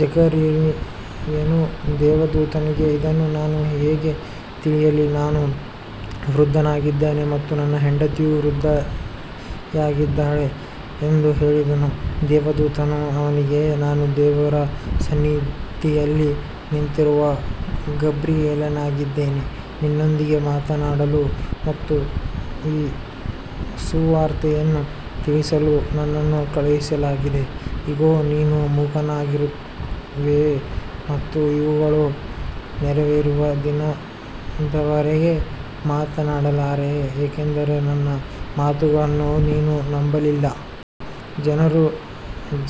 ಜಕರೀಯನು ದೇವದೂತನಿಗೆ, ಇದನ್ನು ನಾನು ಹೇಗೆ ತಿಳಿಯಲಿ, ನಾನು ವೃದ್ಧನಾಗಿದ್ದೇನೆ ಮತ್ತು ನನ್ನ ಹೆಂಡತಿಯೂ ವೃದ್ಧೆಯಾಗಿದ್ದಾಳೆ ಎಂದು ಹೇಳಿದನು. ದೇವದೂತನು ಅವನಿಗೆ, ನಾನು ದೇವರ ಸನ್ನಿಧಿಯಲ್ಲಿ ನಿಂತಿರುವ ಗಬ್ರಿಯೇಲನಾಗಿದ್ದೇನೆ. ನಿನ್ನೊಂದಿಗೆ ಮಾತನಾಡಲು ಮತ್ತು ಈ ಸುವಾರ್ತೆಯನ್ನು ತಿಳಿಸಲು ನನ್ನನ್ನು ಕಳುಹಿಸಲಾಗಿದೆ. ಇಗೋ, ನೀನು ಮೂಕನಾಗಿರುವೆ ಮತ್ತು ಇವುಗಳು ನೆರವೇರುವ ದಿನದವರೆಗೆ ಮಾತನಾಡಲಾರೆ, ಏಕೆಂದರೆ ನನ್ನ ಮಾತುಗಳನ್ನು ನೀನು ನಂಬಲಿಲ್ಲ. ಜನರು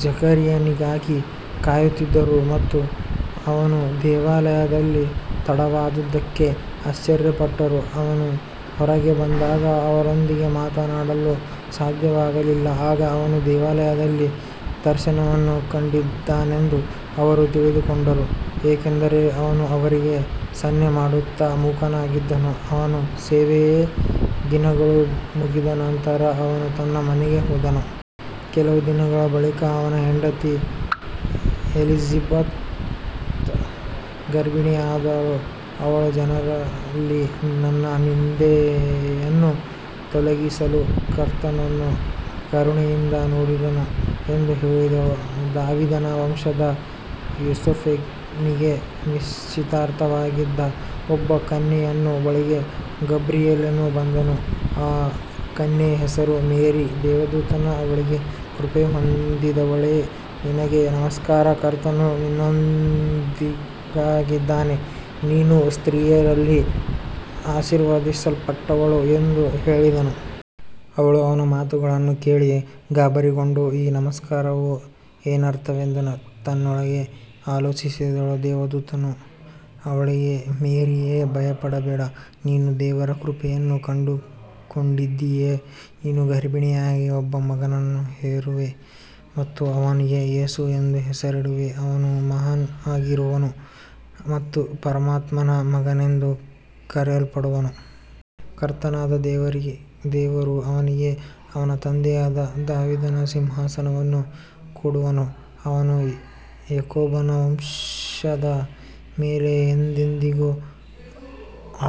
ಜಕರೀಯನಿಗಾಗಿ ಕಾಯುತ್ತಿದ್ದರು ಮತ್ತು ಅವನು ದೇವಾಲಯದಲ್ಲಿ ತಡವಾದುದಕ್ಕೆ ಆಶ್ಚರ್ಯಪಟ್ಟರು. ಅವನು ಹೊರಗೆ ಬಂದಾಗ ಅವರೊಂದಿಗೆ ಮಾತನಾಡಲು ಸಾಧ್ಯವಾಗಲಿಲ್ಲ. ಆಗ ಅವನು ದೇವಾಲಯದಲ್ಲಿ ದರ್ಶನವನ್ನು ಕಂಡಿದ್ದಾನೆಂದು ಅವರು ತಿಳಿದುಕೊಂಡರು, ಏಕೆಂದರೆ ಅವನು ಅವರಿಗೆ ಸನ್ನೆಮಾಡುತ್ತಾ ಮೂಕನಾಗಿದ್ದನು. ಅವನ ಸೇವೆಯ ದಿನಗಳು ಮುಗಿದ ನಂತರ ಅವನು ತನ್ನ ಮನೆಗೆ ಹೋದನು. ಕೆಲವು ದಿನಗಳ ಬಳಿಕ ಅವನ ಹೆಂಡತಿ ಎಲಿಸಬೆತ್ ಗರ್ಭಿಣಿಯಾದಳು. ಅವಳು, ಜನರಲ್ಲಿ ನನ್ನ ನಿಂದೆಯನ್ನು ತೊಲಗಿಸಲು ಕರ್ತನು ನನ್ನನ್ನು ಕರುಣೆಯಿಂದ ನೋಡಿದನು ಎಂದು ಹೇಳಿದಳು. ದಾವೀದನ ವಂಶದ ಯೋಸೇಫನಿಗೆ ನಿಶ್ಚಿತಾರ್ಥವಾಗಿದ್ದ ಒಬ್ಬ ಕನ್ಯೆಯ ಬಳಿಗೆ ಗಬ್ರಿಯೇಲನು ಬಂದನು. ಆ ಕನ್ಯೆಯ ಹೆಸರು ಮೇರಿ. ದೇವದೂತನು ಅವಳಿಗೆ, ಕೃಪೆ ಹೊಂದಿದವಳೇ, ನಿನಗೆ ನಮಸ್ಕಾರ, ಕರ್ತನು ನಿನ್ನೊಂದಿಗಿದ್ದಾನೆ, ನೀನು ಸ್ತ್ರೀಯರಲ್ಲಿ ಆಶೀರ್ವದಿಸಲ್ಪಟ್ಟವಳು ಎಂದು ಹೇಳಿದನು. ಅವಳು ಅವನ ಮಾತುಗಳನ್ನು ಕೇಳಿ ಗಾಬರಿಗೊಂಡು, ಈ ನಮಸ್ಕಾರವು ಏನರ್ಥವೆಂದು ತನ್ನೊಳಗೆ ಆಲೋಚಿಸಿದಳು. ದೇವದೂತನು ಅವಳಿಗೆ, ಮೇರಿಯೇ, ಭಯಪಡಬೇಡ, ನೀನು ದೇವರ ಕೃಪೆಯನ್ನು ಕಂಡುಕೊಂಡಿದ್ದೀಯೆ. ನೀನು ಗರ್ಭಿಣಿಯಾಗಿ ಒಬ್ಬ ಮಗನನ್ನು ಹೆರುವೆ ಮತ್ತು ಅವನಿಗೆ ಯೇಸು ಎಂದು ಹೆಸರಿಡುವೆ. ಅವನು ಮಹಾನ್ ಆಗಿರುವನು ಮತ್ತು ಪರಮಾತ್ಮನ ಮಗನೆಂದು ಕರೆಯಲ್ಪಡುವನು. ಕರ್ತನಾದ ದೇವರು ಅವನಿಗೆ ಅವನ ತಂದೆಯಾದ ದಾವೀದನ ಸಿಂಹಾಸನವನ್ನು ಕೊಡುವನು. ಅವನು ಯಾಕೋಬನ ವಂಶದ ಮೇಲೆ ಎಂದೆಂದಿಗೂ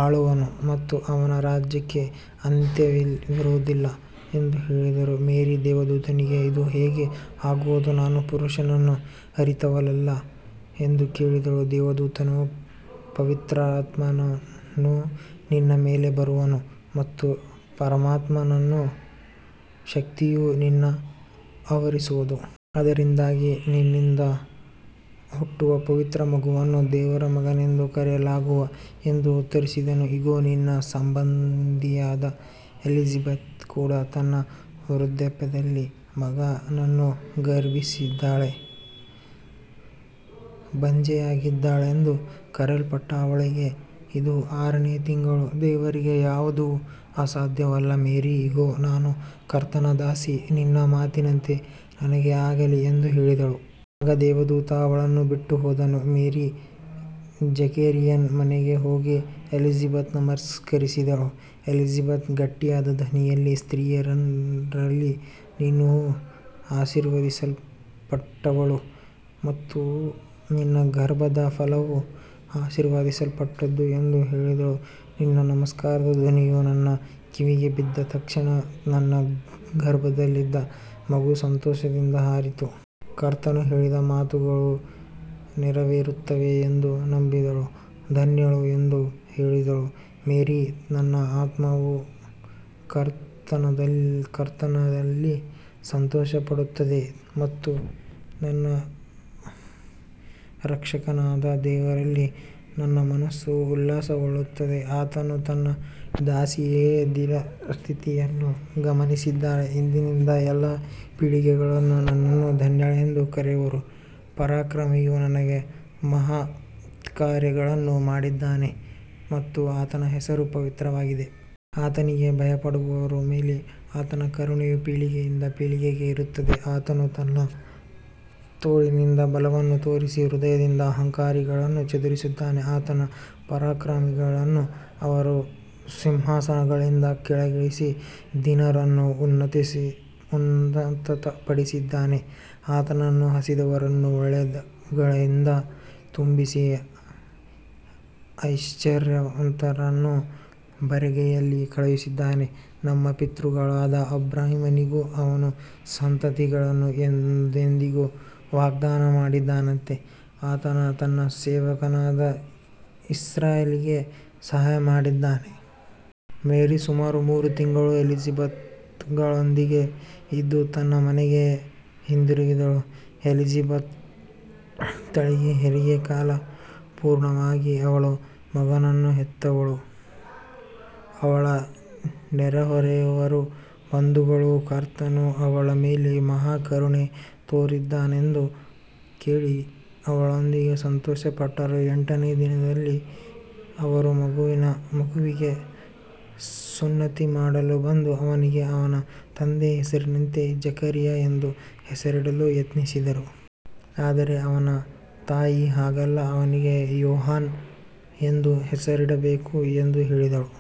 ಆಳುವನು ಮತ್ತು ಅವನ ರಾಜ್ಯಕ್ಕೆ ಅಂತ್ಯವಿರುವುದಿಲ್ಲ ಎಂದು ಹೇಳಿದನು. ಮೇರಿ ದೇವದೂತನಿಗೆ, ಇದು ಹೇಗೆ ಆಗುವುದು, ನಾನು ಪುರುಷನನ್ನು ಅರಿತಿಲ್ಲವಲ್ಲ ಎಂದು ಕೇಳಿದಳು. ದೇವದೂತನು, ಪವಿತ್ರಾತ್ಮನು ನಿನ್ನ ಮೇಲೆ ಬರುವನು ಮತ್ತು ಪರಮಾತ್ಮನ ಶಕ್ತಿಯು ನಿನ್ನನ್ನು ಆವರಿಸುವುದು. ಆದ್ದರಿಂದ ನಿನ್ನಿಂದ ಹುಟ್ಟುವ ಪವಿತ್ರ ಮಗುವನ್ನು ದೇವರ ಮಗನೆಂದು ಕರೆಯಲಾಗುವುದು ಎಂದು ಉತ್ತರಿಸಿದನು. ಇಗೋ, ನಿನ್ನ ಸಂಬಂಧಿಯಾದ ಎಲಿಸಬೆತ್ ಕೂಡ ತನ್ನ ವೃದ್ಧಾಪ್ಯದಲ್ಲಿ ಮಗನನ್ನು ಗರ್ಭಧರಿಸಿದ್ದಾಳೆ. ಬಂಜೆಯಾಗಿದ್ದಾಳೆಂದು ಕರೆಯಲ್ಪಟ್ಟ ಅವಳಿಗೆ ಇದು ಆರನೆಯ ತಿಂಗಳು. ದೇವರಿಗೆ ಯಾವುದೂ ಅಸಾಧ್ಯವಲ್ಲ. ಮೇರಿ, ಇಗೋ, ನಾನು ಕರ್ತನ ದಾಸಿ, ನಿನ್ನ ಮಾತಿನಂತೆ ನನಗೆ ಆಗಲಿ ಎಂದು ಹೇಳಿದಳು. ಆಗ ದೇವದೂತನು ಅವಳನ್ನು ಬಿಟ್ಟುಹೋದನು. ಮೇರಿ ಜಕರೀಯನ ಮನೆಗೆ ಹೋಗಿ ಎಲಿಸಬೆತಳಿಗೆ ನಮಸ್ಕರಿಸಿದಳು. ಎಲಿಸಬೆತ್ ಗಟ್ಟಿಯಾದ ಧ್ವನಿಯಲ್ಲಿ, ಸ್ತ್ರೀಯರಲ್ಲಿ ನೀನು ಆಶೀರ್ವದಿಸಲ್ಪಟ್ಟವಳು ಮತ್ತು ನಿನ್ನ ಗರ್ಭದ ಫಲವೂ ಆಶೀರ್ವದಿಸಲ್ಪಟ್ಟದ್ದು ಎಂದು ಹೇಳಿದಳು. ನಿನ್ನ ನಮಸ್ಕಾರದ ಧ್ವನಿಯು ನನ್ನ ಕಿವಿಗೆ ಬಿದ್ದ ತಕ್ಷಣ, ನನ್ನ ಗರ್ಭದಲ್ಲಿದ್ದ ಮಗು ಸಂತೋಷದಿಂದ ಹಾರಿತು. ಕರ್ತನು ಹೇಳಿದ ಮಾತುಗಳು ನೆರವೇರುತ್ತವೆ ಎಂದು ನಂಬಿದವಳು ಧನ್ಯಳು ಎಂದು ಹೇಳಿದಳು. ಮೇರಿ, ನನ್ನ ಆತ್ಮವು ಕರ್ತನಲ್ಲಿ ಸಂತೋಷಪಡುತ್ತದೆ ಮತ್ತು ನನ್ನ ರಕ್ಷಕನಾದ ದೇವರಲ್ಲಿ ನನ್ನ ಮನಸ್ಸು ಉಲ್ಲಾಸಗೊಳ್ಳುತ್ತದೆ. ಆತನು ತನ್ನ ದಾಸಿಯ ದೀನಸ್ಥಿತಿಯನ್ನು ಗಮನಿಸಿದ್ದಾನೆ. ಇಂದಿನಿಂದ ಎಲ್ಲಾ ಪೀಳಿಗೆಗಳು ನನ್ನನ್ನು ಧನ್ಯಳೆಂದು ಕರೆಯುವರು. ಪರಾಕ್ರಮಿಯು ನನಗೆ ಮಹತ್ಕಾರ್ಯಗಳನ್ನು ಮಾಡಿದ್ದಾನೆ ಮತ್ತು ಆತನ ಹೆಸರು ಪವಿತ್ರವಾಗಿದೆ. ಆತನಿಗೆ ಭಯಪಡುವವರ ಮೇಲೆ ಆತನ ಕರುಣೆಯು ಪೀಳಿಗೆಯಿಂದ ಪೀಳಿಗೆಗೆ ಇರುತ್ತದೆ. ಆತನು ತನ್ನ ತೋಳಿನಿಂದ ಬಲವನ್ನು ತೋರಿಸಿ, ಹೃದಯದ ಅಹಂಕಾರಿಗಳನ್ನು ಚದುರಿಸಿದ್ದಾನೆ. ಆತನು ಪರಾಕ್ರಮಿಗಳನ್ನು ಅವರ ಸಿಂಹಾಸನಗಳಿಂದ ಕೆಳಗಿಳಿಸಿ, ದೀನರನ್ನು ಉನ್ನತಪಡಿಸಿದ್ದಾನೆ. ಆತನು ಹಸಿದವರನ್ನು ಒಳ್ಳೆಯವುಗಳಿಂದ ತುಂಬಿಸಿ, ಐಶ್ವರ್ಯವಂತರನ್ನು ಬರಿಗೈಯಲ್ಲಿ ಕಳುಹಿಸಿದ್ದಾನೆ. ನಮ್ಮ ಪಿತೃಗಳಾದ ಅಬ್ರಹಾಮನಿಗೂ ಅವನ ಸಂತತಿಗೂ ಎಂದೆಂದಿಗೂ ವಾಗ್ದಾನ ಮಾಡಿದಂತೆ, ಆತನು ತನ್ನ ಸೇವಕನಾದ ಇಸ್ರಾಯೇಲಿಗೆ ಸಹಾಯಮಾಡಿದ್ದಾನೆ. ಮೇರಿ ಸುಮಾರು ಮೂರು ತಿಂಗಳು ಎಲಿಸಬೆತಳೊಂದಿಗೆ ಇದ್ದು ತನ್ನ ಮನೆಗೆ ಹಿಂದಿರುಗಿದಳು. ಎಲಿಸಬೆತಳಿಗೆ ಹೆರಿಗೆಯ ಕಾಲ ಪೂರ್ಣವಾಗಿ ಅವಳು ಮಗನನ್ನು ಹೆತ್ತಳು. ಅವಳ ನೆರೆಹೊರೆಯವರೂ ಬಂಧುಗಳೂ ಕರ್ತನು ಅವಳ ಮೇಲೆ ಮಹಾ ಕರುಣೆ ತೋರಿದ್ದಾನೆಂದು ಕೇಳಿ ಅವಳೊಂದಿಗೆ ಸಂತೋಷಪಟ್ಟರು. ಎಂಟನೆಯ ದಿನದಲ್ಲಿ ಅವರು ಮಗುವಿಗೆ ಸುನ್ನತಿ ಮಾಡಲು ಬಂದು, ಅವನಿಗೆ ಅವನ ತಂದೆಯ ಹೆಸರಿನಂತೆ ಜಕರೀಯ ಎಂದು ಹೆಸರಿಡಲು ಯತ್ನಿಸಿದರು. ಆದರೆ ಅವನ ತಾಯಿ, ಹಾಗಲ್ಲ, ಅವನಿಗೆ ಯೋಹಾನ ಎಂದು ಹೆಸರಿಡಬೇಕು ಎಂದು ಹೇಳಿದಳು.